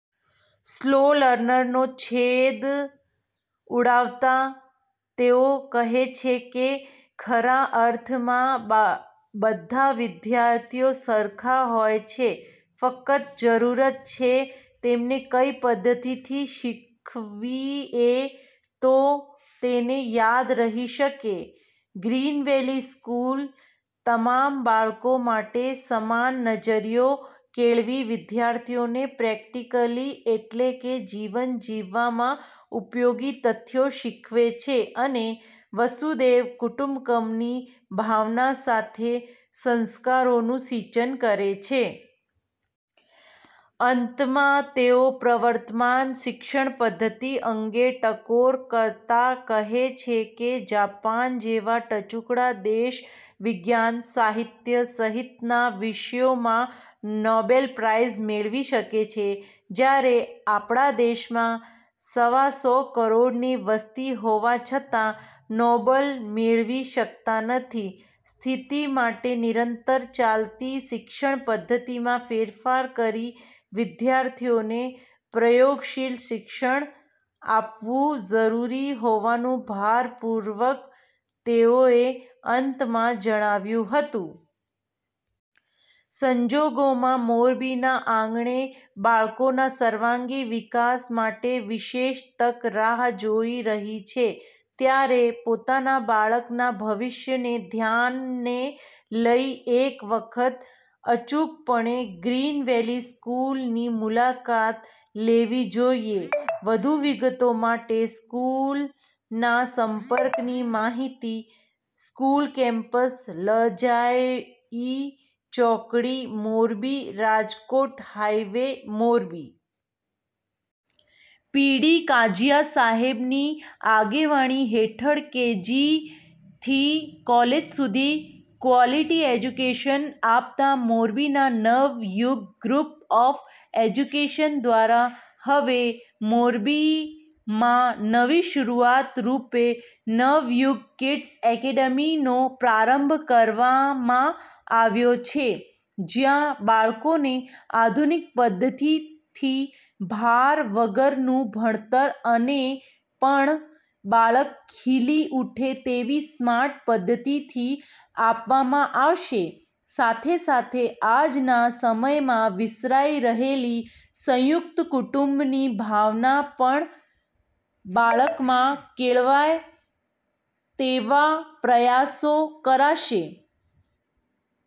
Slow લર્નરનો છેદ ઉડાવતા તેઓ કહે છે કે ખરા અર્થમાં બધાવિદ્યાર્થીઓ સરખા હોય છે ફક્ત જરૂરત છે તેમને કઈ પદ્ધતિથી શીખવીએ તો તેને યાદ રહી શકે, ગ્રીનવેલી સ્કૂલ તમામ બાળકો માટે સમાન નજરીયો કેળવી વિદ્યાર્થીઓને પ્રેક્ટિકલી એટલે કે જીવન જીવવામાં ઉપયોગી તથ્યો શીખવે છે અને વસુદૈવ કુટુંબકમની ભાવના સાથે સંસ્કારોનું સિંચન કરે છે. અંતમાં તેઓ પ્રવર્તમાન શિક્ષણ પધ્ધતિ અંગે ટકોર કરતા કહે છે કે જાપાન જેવા ટચુકડા દેશ વિજ્ઞાન સાહિત્ય સહિતના વિષયોમાં નોબેલ પ્રાઈઝ મેળવી શકે છે જ્યારે આપણા દેશમાં સવાસો કરોડની વસ્તી હોવા છતાં નોબલ મેળવી શકતા નથી, સ્થિતિ માટે નિરંતર ચાલતી શિક્ષણ પદ્ધતિમાં ફેરફાર કરી વિદ્યાર્થીને પ્રયોગશીલ શિક્ષણ આપવું જરૂરી હોવાનું ભારપૂર્વક તેઓએ અંતમાં જણાવ્યું હતું. સંજોગોમાં મોરબીના આંગણે બાળકોના સર્વાંગી વિકાસ માટે વિશેષ તક રાહ જોઈ રહી છે ત્યારે પોતાના બાળકના ભવિષ્યને ધ્યાને લઇ એક વખત અચૂકપણે ગ્રીનવેલી સ્કૂલની મુલાકાત લેવીજોઈએ વધુ વિગતો માટે સ્કૂલના સંપર્કની માહિતી. સ્કૂલ કેમ્પસ લજાઈ ચોકડી, Morbi Rajkot highway, Morbi. P. D. Kanjiya સાહેબની આગેવાની હેઠળ કે. જી. થી કોલેજ સુધી ક્વોલિટી એજ્યુકેશન આપતા મોરબીના નવયુગ ગ્રુપ ઓફ એજ્યુકેશન દ્વારા હવે મોરબીમાં નવી શરૂઆત રૂપે નવયુગ કિડ્સ એકેડમીનો પ્રારંભ કરવામાં આવ્યો છે જયાં બાળકોને આધુનિક પદ્ધતિથી ભાર વગરનું ભણતર અનેપણ બાળક ખીલી ઉઠે તેવી સ્માર્ટ પદ્ધતિથી આપવામાં આવશે, સાથેસાથે આજના સમયમાં વિસરાઈ રહેલી સયુંકત કુટુંબની ભાવના પણ બાળકમાં કેળવાય તેવા પ્રયાસો કરાશે.